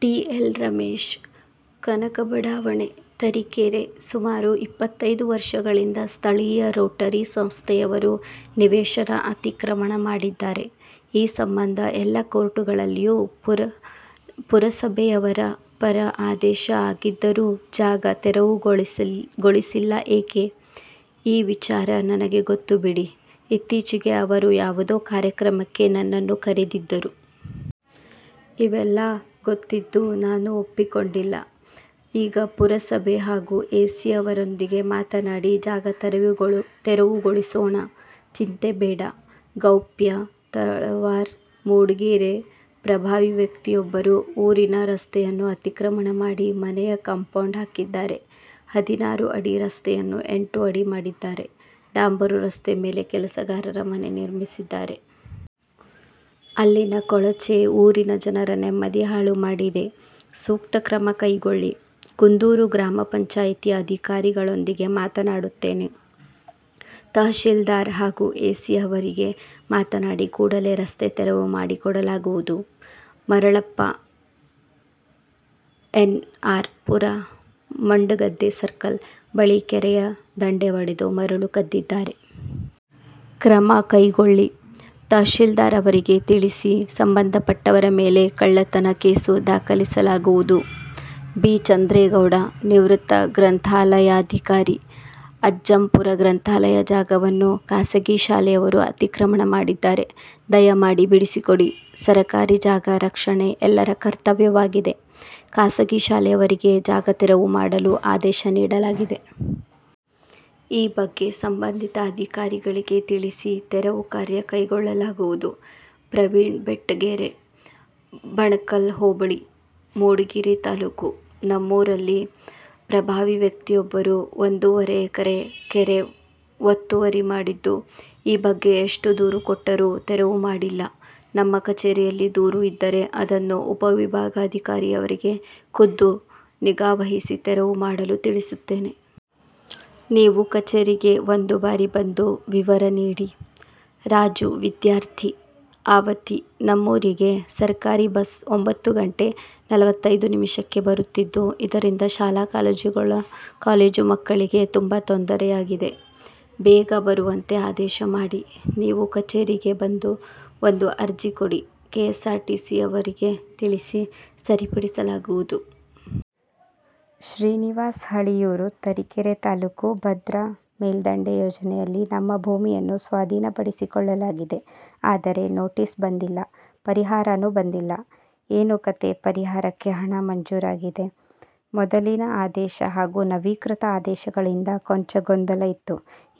T. L. Ramesh, Kanaka ಬಡಾವಣೆ, ತರೀಕೆರೆ ಸುಮಾರು ಮೂವತ್ತೈದು ವರ್ಷಗಳಿಂದ ಸ್ಥಳೀಯ ರೋಟರಿ ಸಂಸ್ಥೆಯವರು ನಿವೇಶನ ಅತಿಕ್ರಮಣ ಮಾಡಿದ್ದಾರೆ. ಈ ಸಂಬಂಧ ಎಲ್ಲ ಕೋರ್ಟುಗಳಲ್ಲಿಯೂ ಪುರಸಭೆಯವರ ಪರ ಆದೇಶ ಆಗಿದ್ದರೂ ಜಾಗ ತೆರವುಗೊಳಿಸಿಲ್ಲ ಏಕೆ? ಈ ವಿಚಾರ ನನಗೆ ಗೊತ್ತು ಬಿಡಿ, ಇತ್ತೀಚೆಗೆ ಅವರು ಯಾವುದೋ ಕಾರ್ಯಕ್ರಮಕ್ಕೆ ನನ್ನನ್ನು ಕರೆದಿದ್ದರು. ಇವೆಲ್ಲಾ ಗೊತ್ತಿದ್ದು ನಾನು ಒಪ್ಪಿಕೊಂಡಿಲ್ಲ. ಈಗ ಪುರಸಭೆ ಹಾಗೂ ಎಸಿ ಅವರೊಂದಿಗೆ ಮಾತನಾಡಿ, ಜಾಗ ತೆರವುಗೊಳಿಸೋಣ. ಚಿಂತೆ ಬೇಡ. ಗೌಪ್ಯ, ತಳವಾರ, ಮೂಡಿಗೆರೆ ಪ್ರಭಾವಿ ವ್ಯಕ್ತಿಯೊಬ್ಬರು ಊರಿನ ರಸ್ತೆಯನ್ನು ಅತಿಕ್ರಮಣ ಮಾಡಿ ಮನೆಯ ಕಾಂಪೌಂಡ್ ಹಾಕಿದ್ದಾರೆ. ಹದಿನಾರು ಅಡಿ ರಸ್ತೆಯನ್ನು ಎಂಟು ಅಡಿ ಮಾಡಿದ್ದಾರೆ. ಡಾಂಬರು ರಸ್ತೆ ಮೇಲೆ ಕೆಲಸಗಾರರ ಮನೆ ನಿರ್ಮಿಸಿದ್ದಾರೆ. ಅಲ್ಲಿನ ಕೊಳಚೆ ಊರಿನ ಜನರ ನೆಮ್ಮದಿ ಹಾಳು ಮಾಡಿದೆ, ಸೂಕ್ತ ಕ್ರಮ ಕೈಗೊಳ್ಳಿ. ಕುಂದೂರು ಗ್ರಾಮ ಪಂಚಾಯಿತಿ ಅಧಿಕಾರಿಗಳೊಂದಿಗೆ ಮಾತನಾಡುತ್ತೇನೆ. ತಹಸೀಲ್ದಾರ್ ಹಾಗೂ ಎಸಿ ಅವರಿಗೆ ಮಾತನಾಡಿ ಕೂಡಲೇ ರಸ್ತೆ ತೆರವು ಮಾಡಿಕೊಡಲಾಗುವುದು. Maralappa, N. R. Pura Mandagadde circle ಬಳಿ ಕೆರೆಯ ದಂಡೆ ಒಡೆದು ಮರಳು ಕದ್ದಿದ್ದಾರೆ. ಕ್ರಮ ಕೈಗೊಳ್ಳಿ. ತಹಸೀಲ್ದಾರ್ ಅವರಿಗೆ ತಿಳಿಸಿ ಸಂಬಂಧಪಟ್ಟವರ ಮೇಲೆ ಕಳ್ಳತನ ಕೇಸು ದಾಖಲಿಸಲಾಗುವುದು. ಬಿ. ಚಂದ್ರೇಗೌಡ, ನಿವೃತ್ತ ಗ್ರಂಥಾಲಯಾಧಿಕಾರಿ, ಅಜ್ಜಂಪುರ ಗ್ರಂಥಾಲಯ ಜಾಗವನ್ನು ಖಾಸಗಿ ಶಾಲೆಯವರು ಅತಿಕ್ರಮಣ ಮಾಡಿದ್ದಾರೆ. ದಯಮಾಡಿ ಬಿಡಿಸಿಕೊಡಿ. ಸರಕಾರಿ ಜಾಗ ರಕ್ಷಣೆ ಎಲ್ಲರ ಕರ್ತವ್ಯವಾಗಿದೆ. ಖಾಸಗಿ ಶಾಲೆಯವರಿಗೆ ಜಾಗ ತೆರವು ಮಾಡಲು ಆದೇಶ ನೀಡಲಾಗಿದೆ. ಈ ಬಗ್ಗೆ ಸಂಬಂಧಿತ ಅಧಿಕಾರಿಗಳಿಗೆ ತಿಳಿಸಿ ತೆರವು ಕಾರ್ಯ ಕೈಗೊಳ್ಳಲಾಗುವುದು. ಪ್ರವೀಣ ಬೆಟ್ಟಗೆರೆ, ಬಣಕಲ್ ಹೋಬಳಿ, ಮೂಡಿಗೆರೆ ತಾಲ್ಲೂಕು. ನಮ್ಮೂರಲ್ಲಿ ಪ್ರಭಾವಿ ವ್ಯಕ್ತಿಯೊಬ್ಬರು ಒಂದೂವರೆ ಎಕರೆ ಕೆರೆ ಒತ್ತುವರಿ ಮಾಡಿದ್ದು, ಈ ಬಗ್ಗೆ ಎಷ್ಟು ದೂರು ಕೊಟ್ಟರೂ ತೆರವು ಮಾಡಿಲ್ಲ. ನಮ್ಮ ಕಚೇರಿಯಲ್ಲಿ ದೂರು ಇದ್ದರೆ, ಅದನ್ನು ಉಪವಿಭಾಗಾಧಿಕಾರಿಯವರಿಗೆ ಖುದ್ದು ನಿಗಾವಹಿಸಿ ತೆರವು ಮಾಡಲು ತಿಳಿಸುತ್ತೇನೆ. ನೀವು ಕಚೇರಿಗೆ ಒಂದು ಬಾರಿ ಬಂದು ವಿವರ ನೀಡಿ. ರಾಜು, ವಿದ್ಯಾರ್ಥಿ, ಆವತಿ ನಮ್ಮೂರಿಗೆ ಸರಕಾರಿ ಬಸ್ ಒಂಬತ್ತು ಗಂಟೆ ನಲವತ್ತೈದು ನಿಮಿಷಕ್ಕೆ ಬರುತ್ತಿದ್ದು, ಇದರಿಂದ ಶಾಲಾ ಕಾಲೇಜು ಮಕ್ಕಳಿಗೆ ತುಂಬಾ ತೊದರೆಯಾಗಿದೆ. ಬೇಗ ಬರುವಂತೆ ಆದೇಶ ಮಾಡಿ. ನೀವು ಕಚೇರಿಗೆ ಬಂದು ಒಂದು ಅರ್ಜಿ ಕೊಡಿ ಕೆಎಸ್ಸಾರ್ಟಿಸಿಯವರಿಗೆ ತಿಳಿಸಿ ಸರಿಪಡಿಸಲಾಗುವುದು. ಶ್ರೀನಿವಾಸ್, ಹಳಿಯೂರು, ತರೀಕೆರೆ ತಾಲೂಕು ಭದ್ರಾ ಮೇಲ್ದಂಡೆ ಯೋಜನೆಯಲ್ಲಿ ನಮ್ಮ ಭೂಮಿಯನ್ನು ಸ್ವಾಧೀನ ಪಡಿಸಿಕೊಳ್ಳಲಾಗಿದೆ. ಆದರೆ ನೋಟಿಸ್ ಬಂದಿಲ್ಲ ಪರಿಹಾರನೂ ಬಂದಿಲ್ಲ, ಏನು ಕತೆ ಪರಿಹಾರಕ್ಕೆ ಹಣ ಮಂಜೂರಾಗಿದೆ. ಮೊದಲಿನ ಆದೇಶ ಹಾಗೂ ನವೀಕೃತ ಆದೇಶಗಳಿಂದ ಕೊಂಚ ಗೊಂದಲ ಇತ್ತು.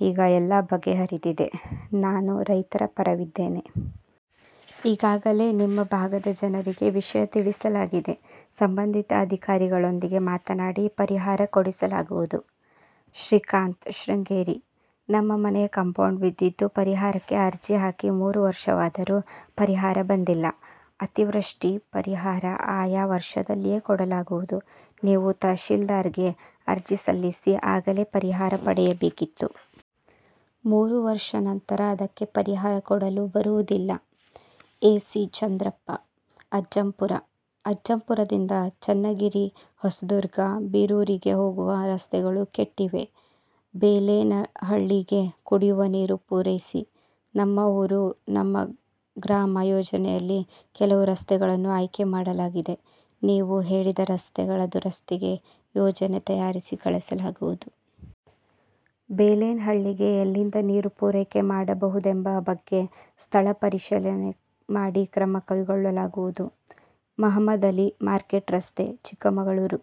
ಈಗ ಎಲ್ಲ ಬಗೆಹರಿದಿದೆ. ನಾನು ರೈತರ ಪರವಿದ್ದೇನೆ. ಈಗಾಗಲೇ ನಿಮ್ಮ ಭಾಗದ ಜನರಿಗೆ ವಿಷಯ ತಿಳಿಸಲಾಗಿದೆ. ಸಂಬಂಧಿತ ಅಧಿಕಾರಿಗಳೊಂದಿಗೆ ಮಾತನಾಡಿ ಪರಿಹಾರ ಕೊಡಿಸಲಾಗುವುದು. ಶ್ರೀಕಾಂತ್, ಶೃಂಗೇರಿ ನಮ್ಮ ಮನೆಯ ಕಾಂಪೌಂಡ್ ಬಿದ್ದಿದ್ದು, ಪರಿಹಾರಕ್ಕೆ ಅರ್ಜಿ ಹಾಕಿ ಮೂರು ವರ್ಷವಾದರೂ ಪರಿಹಾರ ಬಂದಿಲ್ಲ. ಅತಿವೃಷ್ಟಿ ಪರಿಹಾರ ಆಯಾ ವರ್ಷದಲ್ಲಿಯೇ ಕೊಡಲಾಗುವುದು. ನೀವು ತಹಸೀಲ್ದಾರ್ಗೆ ಅರ್ಜಿ ಸಲ್ಲಿಸಿ ಆಗಲೇ ಪರಿಹಾರ ಪಡೆಯಬೇಕಿತ್ತು. ಮೂರು ವರ್ಷ ನಂತರ ಅದಕ್ಕೆ ಪರಿಹಾರ ಕೊಡಲು ಬರುವುದಿಲ್ಲ. ಎ. ಸಿ. ಚಂದ್ರಪ್ಪ, ಅಜ್ಜಂಪುರ ಅಜ್ಜಂಪುರದಿಂದ ಚನ್ನಗಿರಿ, ಹೊಸದುರ್ಗ, ಬೀರೂರಿಗೆ ಹೋಗುವ ರಸ್ತೆಗಳು ಕೆಟ್ಟಿವೆ, ಬೇಲೇನಹಳ್ಳಿಗೆ ಕುಡಿಯುವ ನೀರು ಪೂರೈಸಿ. ನಮ್ಮ ಊರು, ನಮ್ಮ ಗ್ರಾಮ ಯೋಜನೆಯಲ್ಲಿ ಕೆಲವು ರಸ್ತೆಗಳನ್ನು ಆಯ್ಕೆ ಮಾಡಲಾಗಿದೆ. ನೀವು ಹೇಳಿದ ರಸ್ತೆಗಳ ದುರಸ್ತಿಗೆ ಯೋಜನೆ ತಯಾರಿಸಿ ಕಳಿಸಲಾಗುವುದು. ಬೇಲೇನಹಳ್ಳಿಗೆ ಎಲ್ಲಿಂದ ನೀರು ಪೂರೈಕೆ ಮಾಡಬಹುದೆಂಬ ಬಗ್ಗೆ ಸ್ಥಳ ಪರಿಶೀಲನೆ ಮಾಡಿ ಕ್ರಮ ಕೈಗೊಳ್ಳಲಾಗುವುದು. ಮಹಮದಾಲಿ, ಮಾರ್ಕೆಟ್ ರಸ್ತೆ, ಚಿಕ್ಕಮಗಳೂರು.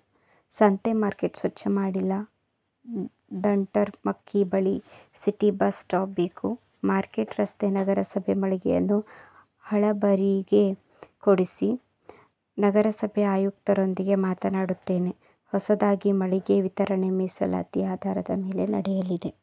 ಸಂತೆ ಮಾರ್ಕೆಟ್ ಸ್ವಚ್ಛ ಮಾಡುತ್ತಿಲ್ಲ, ದಂಟರಮಕ್ಕಿ ಬಳಿ ಸಿಟಿ ಬಸ್ ಸ್ಟಾಪ್ ಬೇಕು, ಮಾರ್ಕೆಟ್ ರಸ್ತೆ ನಗರಸಭೆ ಮಳಿಗೆಯನ್ನು ಹಳಬರಿಗೇ ಕೊಡಿಸಿ. ನಗರಸಭೆ ಆಯುಕ್ತರೊಂದಿಗೆ ಮಾತನಾಡುತ್ತೇನೆ. ಹೊಸದಾಗಿ ಮಳಿಗೆ ವಿತರಣೆ ಮೀಸಲಾತಿ ಆಧಾರದ ಮೇಲೆ ನಡೆಯಲಿದೆ.